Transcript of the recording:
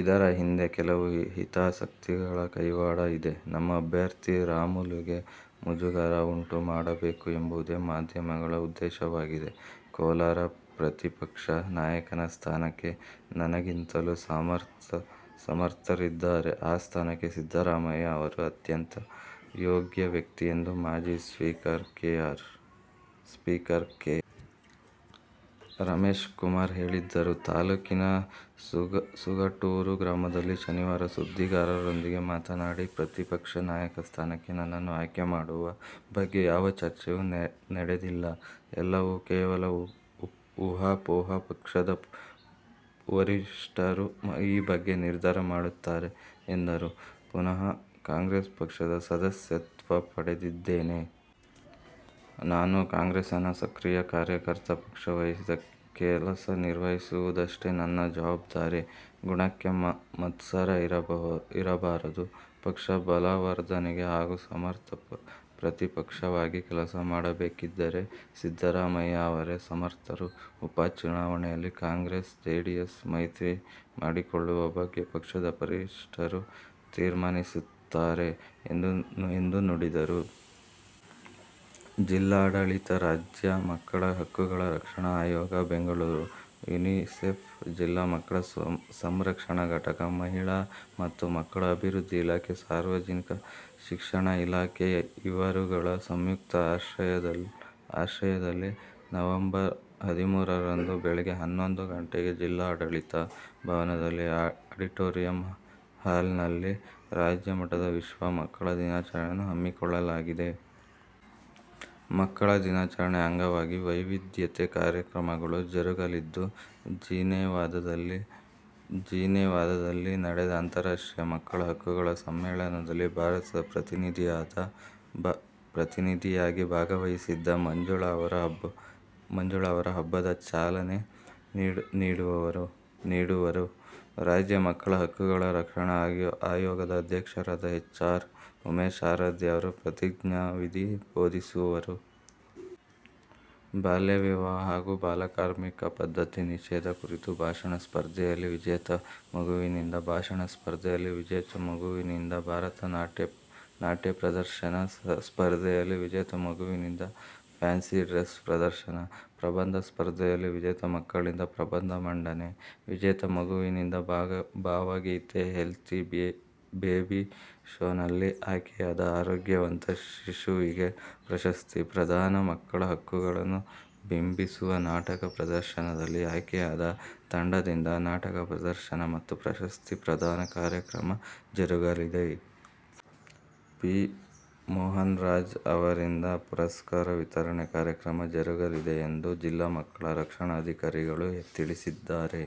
ಇದರ ಹಿಂದೆ ಕೆಲವು ಹಿತಾಸಕ್ತಿಗಳ ಕೈವಾಡ ಇದೆ. ನಮ್ಮ ಅಭ್ಯರ್ಥಿ ರಾಮುಲುಗೆ ಮುಜುಗರ ಉಂಟು ಮಾಡಬೇಕು ಎಂಬುದೇ ಮಾಧ್ಯಮಗಳ ಉದ್ದೇಶವಾಗಿದೆ. ಕೋಲಾರ: 'ಪ್ರತಿಪಕ್ಷ ನಾಯಕನ ಸ್ಥಾನಕ್ಕೆ ನನಗಿಂತಲೂ ಸಮರ್ಥರಿದ್ದಾರೆ. ಆ ಸ್ಥಾನಕ್ಕೆ ಸಿದ್ದರಾಮಯ್ಯ ಅವರು ಅತ್ಯಂತ ಯೋಗ್ಯ ವ್ಯಕ್ತಿ' ಎಂದು ಮಾಜಿ ಸ್ಪೀಕರ್ ಕೆ. ಆರ್. ರಮೇಶ್ಕುಮಾರ್ ಹೇಳಿದರು. ತಾಲ್ಲೂಕಿನ ಸುಗಟೂರು ಗ್ರಾಮದಲ್ಲಿ ಶನಿವಾರ ಸುದ್ದಿಗಾರರೊಂದಿಗೆ ಮಾತನಾಡಿ, 'ಪ್ರತಿಪಕ್ಷ ನಾಯಕನ ಸ್ಥಾನಕ್ಕೆ ನನ್ನನ್ನು ಆಯ್ಕೆ ಮಾಡುವ ಬಗ್ಗೆ ಯಾವ ಚರ್ಚೆಯೂ ನಡೆದಿಲ್ಲ. ಎಲ್ಲವೂ ಕೇವಲ ಊಹಾಪೋಹ. ಪಕ್ಷದ ವರಿಷ್ಠರು ಈ ಬಗ್ಗೆ ನಿರ್ಧಾರ ಮಾಡುತ್ತಾರೆ' ಎಂದರು. 'ಪುನಃ ಕಾಂಗ್ರೆಸ್ ಪಕ್ಷದ ಸದಸ್ಯತ್ವ ಪಡೆದಿದ್ದೇನೆ. ನಾನು ಕಾಂಗ್ರೆಸ್ನ ಸಕ್ರಿಯ ಕಾರ್ಯಕರ್ತ. ಪಕ್ಷ ವಹಿಸಿದ ಕೆಲಸ ನಿರ್ವಹಿಸುವುದಷ್ಟೇ ನನ್ನ ಜವಾಬ್ದಾರಿ. ಗುಣಕ್ಕೆ ಮತ್ಸರ ಇರಬಾರದು. ಪಕ್ಷ ಬಲವರ್ಧನೆಗೆ ಹಾಗೂ ಸಮರ್ಥ ಪ್ರತಿಪಕ್ಷವಾಗಿ ಕೆಲಸ ಮಾಡಬೇಕಿದ್ದರೆ ಸಿದ್ದರಾಮಯ್ಯ ಅವರೇ ಸಮರ್ಥರು. ಉಪ ಚುನಾವಣೆಯಲ್ಲಿ ಕಾಂಗ್ರೆಸ್- ಜೆಡಿಎಸ್ ಮೈತ್ರಿ ಮಾಡಿಕೊಳ್ಳುವ ಬಗ್ಗೆ ಪಕ್ಷದ ವರಿಷ್ಠರು ತೀರ್ಮಾನಿಸುತ್ತಾರೆ' ಎಂದು ನುಡಿದರು. ಜಿಲ್ಲಾಡಳಿತ, ರಾಜ್ಯ ಮಕ್ಕಳ ಹಕ್ಕುಗಳ ರಕ್ಷಣಾ ಆಯೋಗ ಬೆಂಗಳೂರು, ಯೂನಿಸೆಫ್, ಜಿಲ್ಲಾ ಮಕ್ಕಳ ಸಂರಕ್ಷಣಾ ಘಟಕ, ಮಹಿಳಾ ಮತ್ತು ಮಕ್ಕಳ ಅಭಿವೃದ್ದಿ ಇಲಾಖೆ, ಸಾರ್ವಜನಿಕ ಶಿಕ್ಷಣ ಇಲಾಖೆ ಇವರುಗಳ ಸಂಯುಕ್ತ ಆಶ್ರಯದಲ್ಲಿ ನವಂಬರ್ ಹದಿಮೂರರಂದು ಬೆಳಿಗ್ಗೆ ಹನ್ನೊಂದು ಗಂಟೆಗೆ ಜಿಲ್ಲಾಡಳಿತ ಭವನದ ಅಡಿಟೋರಿಯಂ ಹಾಲ್ನಲ್ಲಿ ರಾಜ್ಯ ಮಟ್ಟದ ವಿಶ್ವ ಮಕ್ಕಳ ದಿನಾಚರಣೆಯನ್ನು ಹಮ್ಮಿಕೊಳ್ಳಲಾಗಿದೆ. ಮಕ್ಕಳ ದಿನಾಚರಣೆ ಅಂಗವಾಗಿ ವೈವಿಧ್ಯೆತೆ ಕಾರ್ಯಕ್ರಮಗಳು ಜರುಗಲಿದ್ದು, ಜಿನೇವಾದಲ್ಲಿ ನಡೆದ ಅಂತರಾಷ್ಟ್ರೀಯ ಮಕ್ಕಳ ಹಕ್ಕುಗಳ ಸಮ್ಮೇಳನದಲ್ಲಿ ಭಾರತದ ಪ್ರತಿನಿಧಿಯಾಗಿ ಭಾಗವಹಿಸಿದ್ದ ಮಂಜುಳಾ ಅವರು, ಹಬ್ಬದ ಚಾಲನೆ ನೀಡುವರು. ರಾಜ್ಯ ಮಕ್ಕಳ ಹಕ್ಕುಗಳ ರಕ್ಷಣಾ ಆಯೋಗದ ಅಧ್ಯಕ್ಷರಾದ ಹೆಚ್. ಆರ್. ಉಮೇಶ ಆರಾಧ್ಯ ಅವರು ಪ್ರತಿಜ್ಞಾವಿಧಿ ಬೋಧಿಸುವರು. ಬಾಲ್ಯವಿವಾಹ ಹಾಗು ಬಾಲಕಾರ್ಮಿಕ ಪದ್ಧತಿ ನಿಷೇದ ಕುರಿತು ಭಾಷಣ ಸ್ಪರ್ಧೆಯಲ್ಲಿ ವಿಜೇತ ಮಗುವಿನಿಂದ ಭಾಷಣ, ಸ್ಪರ್ಧೆಯಲ್ಲಿ ವಿಜೇತ ಮಗುವಿನಿಂದ ಭರತ ನಾಟ್ಯ ಪ್ರದರ್ಶನ, ಸ್ಪರ್ಧೆಯಲ್ಲಿ ವಿಜೇತ ಮಗುವಿನಿಂದ ಫ್ಯಾನ್ಸಿ ಡ್ರೆಸ್ ಪ್ರದರ್ಶನ, ಪ್ರಬಂಧ ಸ್ಪರ್ಧೆಯಲ್ಲಿ ವಿಜೇತ ಮಕ್ಕಳಿಂದ ಪ್ರಬಂಧ ಮಂಡನೆ, ವಿಜೇತ ಮಗುವಿನಿಂದ ಭಾವಗೀತೆ, ಹೆಲ್ತಿ ಬೇಬಿ ಶೋನಲ್ಲಿ ಆಯ್ಕೆಯಾದ ಆರೋಗ್ಯವಂತ ಶಿಶುವಿಗೆ ಪ್ರಶಸ್ತಿ ಪ್ರದಾನ, ಮಕ್ಕಳ ಹಕ್ಕುಗಳನ್ನು ಬಿಂಬಿಸುವ ನಾಟಕ ಪ್ರದರ್ಶನದಲ್ಲಿ ಆಯ್ಕೆಯಾದ ತಂಡದಿಂದ ನಾಟಕ ಪ್ರದರ್ಶನ ಮತ್ತು ಪ್ರಶಸ್ತಿ ಪ್ರದಾನ ಕಾರ್ಯಕ್ರಮ ಜರುಗಲಿದೆ. ಪಿ. ಮೋಹನರಾಜ್ ಅವರಿಂದ ಪುರಸ್ಕಾರ ವಿತರಣೆ ಕಾರ್ಯಕ್ರಮ ಜರುಗಲಿದೆ ಎಂದು ಜಿಲ್ಲಾ ಮಕ್ಕಳ ರಕ್ಷಣಾಧಿಕಾರಿಗಳು ತಿಳಿಸಿದ್ದಾರೆ.